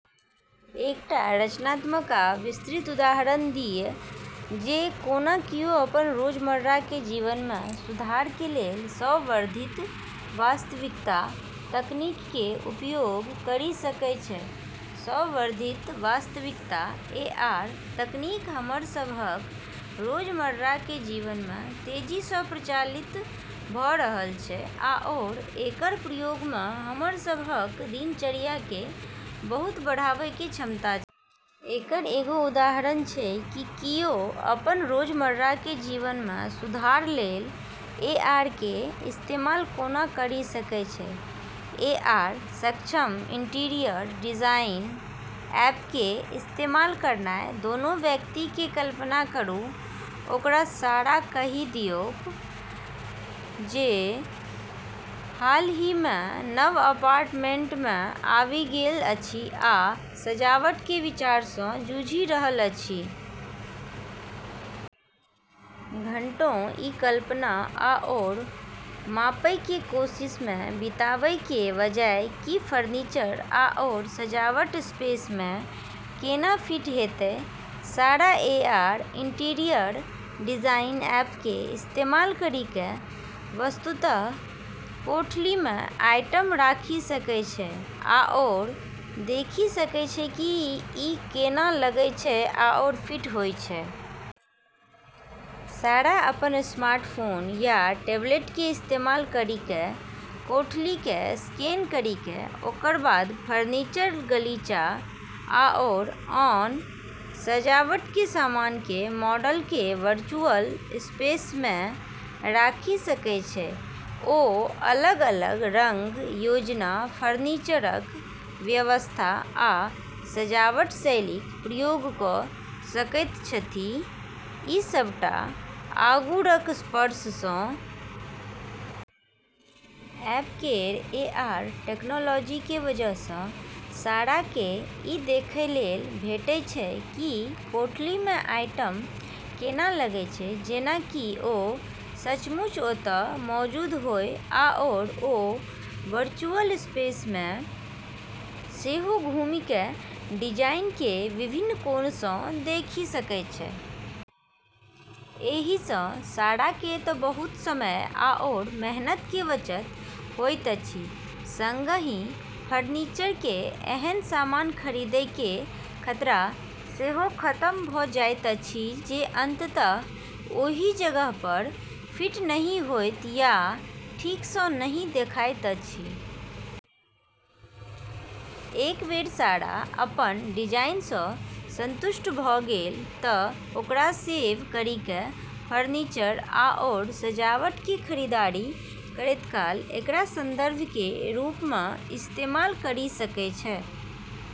एकटा रचनात्मक आ विस्तृत उदाहरण दिअ जे कोना कियो अपन रोजमर्राके जीवनमे सुधारके लेल संवर्धित वास्तविकता तकनीकके उपयोग करि सकै छै। संवर्धित वास्तविकता (एआर) तकनीक हमर सबहक रोजमर्राके जीवनमे तेजीसँ प्रचलित भ' रहल छै आओर एकर प्रयोगमे हमर सबहक दिनचर्याके बहुत बढ़ाबैके क्षमता छै। एकर एगो उदाहरण छै कि किओ अपन रोजमर्राके जीवनमे सुधार लेल एआरके इस्तेमाल कोना करि सकै छै, एआर-सक्षम इंटीरियर डिजाइन ऐपके इस्तेमाल करनाइ । कोनो व्यक्तिके कल्पना करू, ओकरा सारा कहि दियौक, जे हालहिमे नव अपार्टमेंटमे आबि गेल अछि आ सजावटके विचारसँ जूझि रहल अछि। घंटों ई कल्पना आओर मापैके कोशिशमे बिताबैके बजाय कि फर्नीचर आओर सजावट स्पेसमे केना फिट हेतै, सारा एआर इंटीरियर डिजाइन ऐपके इस्तेमाल करिके वस्तुतः कोठलीमे आइटम राखि सकै छै आओर देखि सकै छै कि ई केना लगै छै आओर फिट होइ छै। सारा अपन स्मार्टफोन या टैबलेटके इस्तेमाल करिके कोठलीकेँ स्कैन करिके ओकरबाद फर्नीचर, गलीचा, आओर आन सजावटके सामानके मॉडलके वर्चुअल स्पेसमे राखि सकै छै। ओ अलग-अलग रंग योजना, फर्नीचरक व्यवस्था, आ सजावट शैलीक प्रयोग क' सकैत छथि, ई सबटा आँगुरक स्पर्शसँ। ऐप केर एआर टेक्नोलॉजीके वजहसँ साराके ई देखै लेल भेटै छै कि कोठलीमे आइटम केना लगै छै जेना कि ओ सचमुच ओतऽ मौजूद होइ, आओर ओ वर्चुअल स्पेसमे सेहो घुमिके डिजाइनके विभिन्न कोणसँ देखि सकै छै। एहिसँ साराके त' बहुत समय आओर मेहनतके बचत होइत अछि, संगहि फर्नीचरके एहन सामान खरीदैके खतरा सेहो खतम भ' जाइत अछि जे अंततः ओहि जगह पर फिट नहि होइत या ठीकसँ नहि देखाइत अछि। एक बेर सारा अपन डिजाइनसँ सन्तुष्ट भ' गेल त' ओकरा सेव करिके फर्नीचर आओर सजावटके खरीदारी करैत काल एकरा संदर्भके रूपमे इस्तेमाल करि सकै छै।